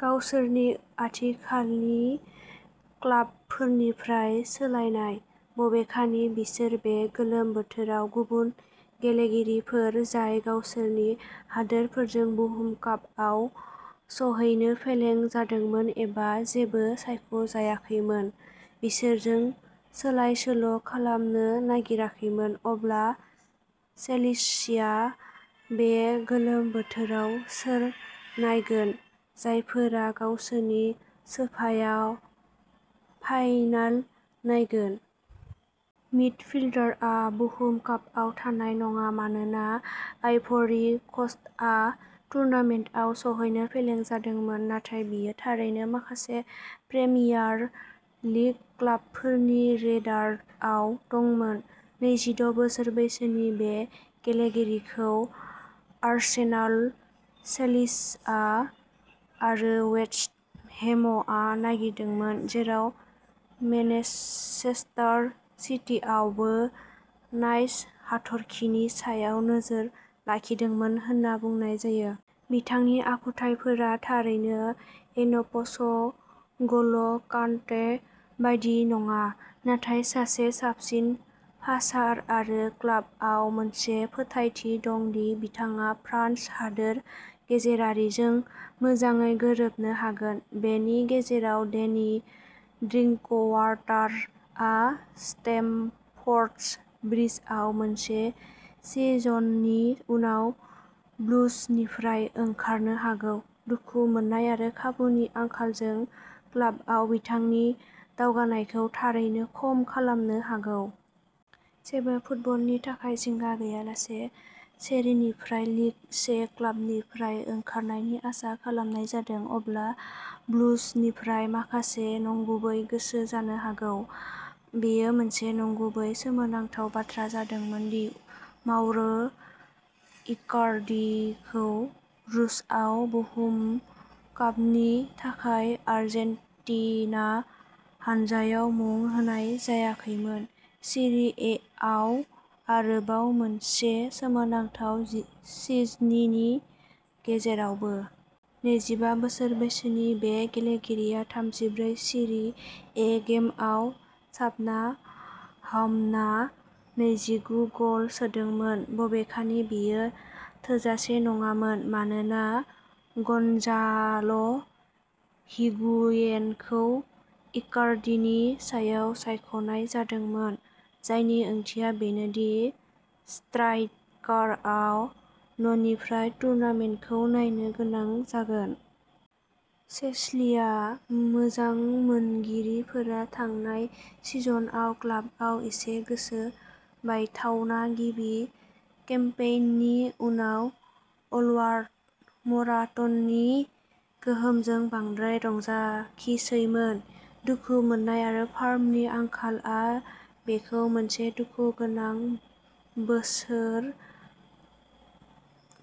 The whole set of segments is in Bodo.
गावसोरनि आथिखालनि क्लाबफोरनिफ्राय सोलायनाय। बबेखानि बिसोर बे गोलोम बोथोराव गुबुन गेलेगिरिफोर जाय गावसोरनि हादोरफोरजों बुहुम कापआव सौहैनो फेलें जादोंमोन एबा जेबो सायख'जायाखैमोन, बिसोरजों सोलायसोल'खालामनो नागिराखैमोन। अब्ला चेल्सिया बे गोलोम बोथोराव सोर नायगोन, जायफोरा गावसोरनि सोफायाव फाइनाल नायगोन? मिडफिल्डारआ बुहुम कापआव थानाय नङा, मानोना आइभ'रि क'स्टआ टुर्नामेन्टआव सौहैनो फेलें जादोंमोन, नाथाय बियो थारैनो माखासे प्रिमियार लिग क्लाबफोरनि रेडारआव दंमोन। नैजिद' बोसोर बैसोनि बे गेलेगिरिखौ आर्सेनाल, चेल्सिया आरो वेस्ट हेम'आ नागिरदोंमोन, जेराव मेनचेस्टार सिटीआबो नाइस हाथरखिनि सायाव नोजोर लाखिदोंमोन होनना बुंनाय जायो। बिथांनि आखुथायफोरा थारैनो एन'प'स ग'ल'कान्टे बायदि नङा, नाथाय सासे साबसिन पासार आरो क्लाबआव मोनसे फोथायथि दं दि बिथाङा फ्रान्स हादोर गेजेरारिजों मोजाङै गोरोबनो हागोन। बेनि गेजेराव, डेनि ड्रिंकवाटारआ स्टेमफर्ड ब्रिजआव मोनसे सिजननि उनाव ब्लुजनिफ्राय ओंखारनो हागौ, दुखु मोननाय आरो खाबुनि आंखालजों क्लाबआव बिथांनि दावगानायखौ थारैनो खम खालामनो हागौ। जेबो फुटबलनि थाखाय जिंगा गैयालासे, सेरिनिफ्राय लिग से क्लाबनिफ्राय ओंखारनायनि आसा खालामनाय जादों अब्ला ब्लुजनिफ्राय माखासे नंगुबै गोसो जानो हागौ। बेयो मोनसे नंगुबै सोमोनांथाव बाथ्रा जादोंमोन दि माउरो इकार्डिखौ रूसआव बुहुम कापनि थाखाय आर्जेन्टिना हानजायाव मुं होनाय जायाखैमोन, सिरि एआव आरोबाव मोनसे सोमोनांथाव सिजननि गेजेरावबो। नैजिबा बोसोर बैसोनि बे गेलेगिरिया थामजिब्रै सिरि ए गेमआव साबना-हामना नैजिगु गल सोदोंमोन, बबेखानि बेयो थोजासे नङामोन मानोना गन्जाल' हिगुयेनखौ इकार्डिनि सायाव सायख'नाय जादोंमोन, जायनि ओंथिया बेनोदि स्ट्राइकारआ न'निफ्राय टुर्नामेन्टखौ नायनो गोनां जागोन। चेल्सिया मोजां मोनगिरिफोरा थांनाय सिजनआव क्लाबआव एसे गोसो बायथावना गिबि केम्पेइननि उनाव अलवारमराटानि गोहोमजों बांद्राय रंजाखिसैमोन। दुखु मोन्नाय आरो फार्मनि आंखालआ बेखौ मोनसे दुखुगोनां बोसोर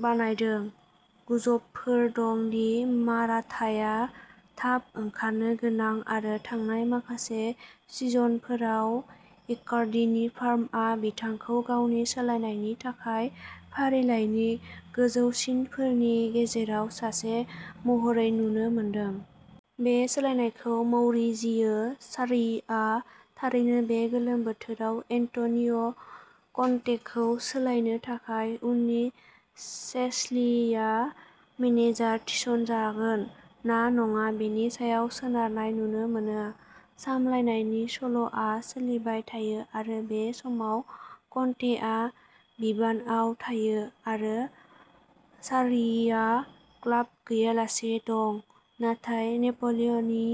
बानायदों। गुजबफोर दं दि माराताया थाब ओंखारनो गोनां, आरो थांनाय माखासे सिजनफोराव इकार्डिनि फार्मआ बिथांखौ गावनि सोलायनायनि थाखाय फारिलाइनि गोजौसिनफोरनि गेजेराव सासे महरै नुनो मोनदों। बे सोलायनायखौ मौरिजियो सार्रीआ थारैनो बे गोलोम बोथोराव एन्ट'निय'कन्तेखौ सोलायनो थाखाय उननि चेल्सिया मेनेजार थिसनजागोन ना नङा बेनि सायाव सोनारनाय नुनो मोनो। सामलायनायनि सल'आ सोलिबाय थायो आरो बे समाव कन्तेआ बिबानआव थायो आरो सार्रीआ क्लाब गैयालासे दं, नाथाय नेप'लीनि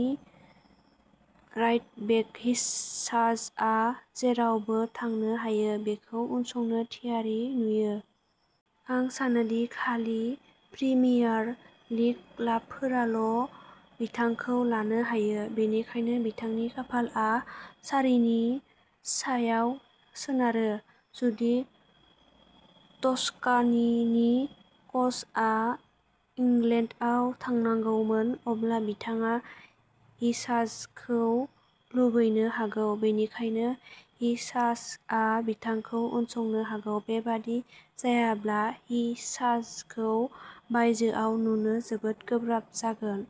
राइट-बेक हिसाजआ जेरावबो थांनो हायो बेखौ उनसंनो थियारि नुयो। "आं सानो दि खालि प्रिमियार लीग क्लाबफोराल'बिथांखौ लानो हायो, बेनिखायनो बिथांनि खाफालआ सार्रीनि सायाव सोनारो।" जुदि टस्काननि कचआ इंलेन्डआव थांनांगौमोन, अब्ला बिथाङा हिसाजखौ लुबैनो हागौ, बेनिखायनो, हिसाजआ बिथांखौ उनसंनो हागौ। बेबादि जायाब्ला, हिसाजखौ बायजोआव नुनो जोबोद गोब्राब जागोन।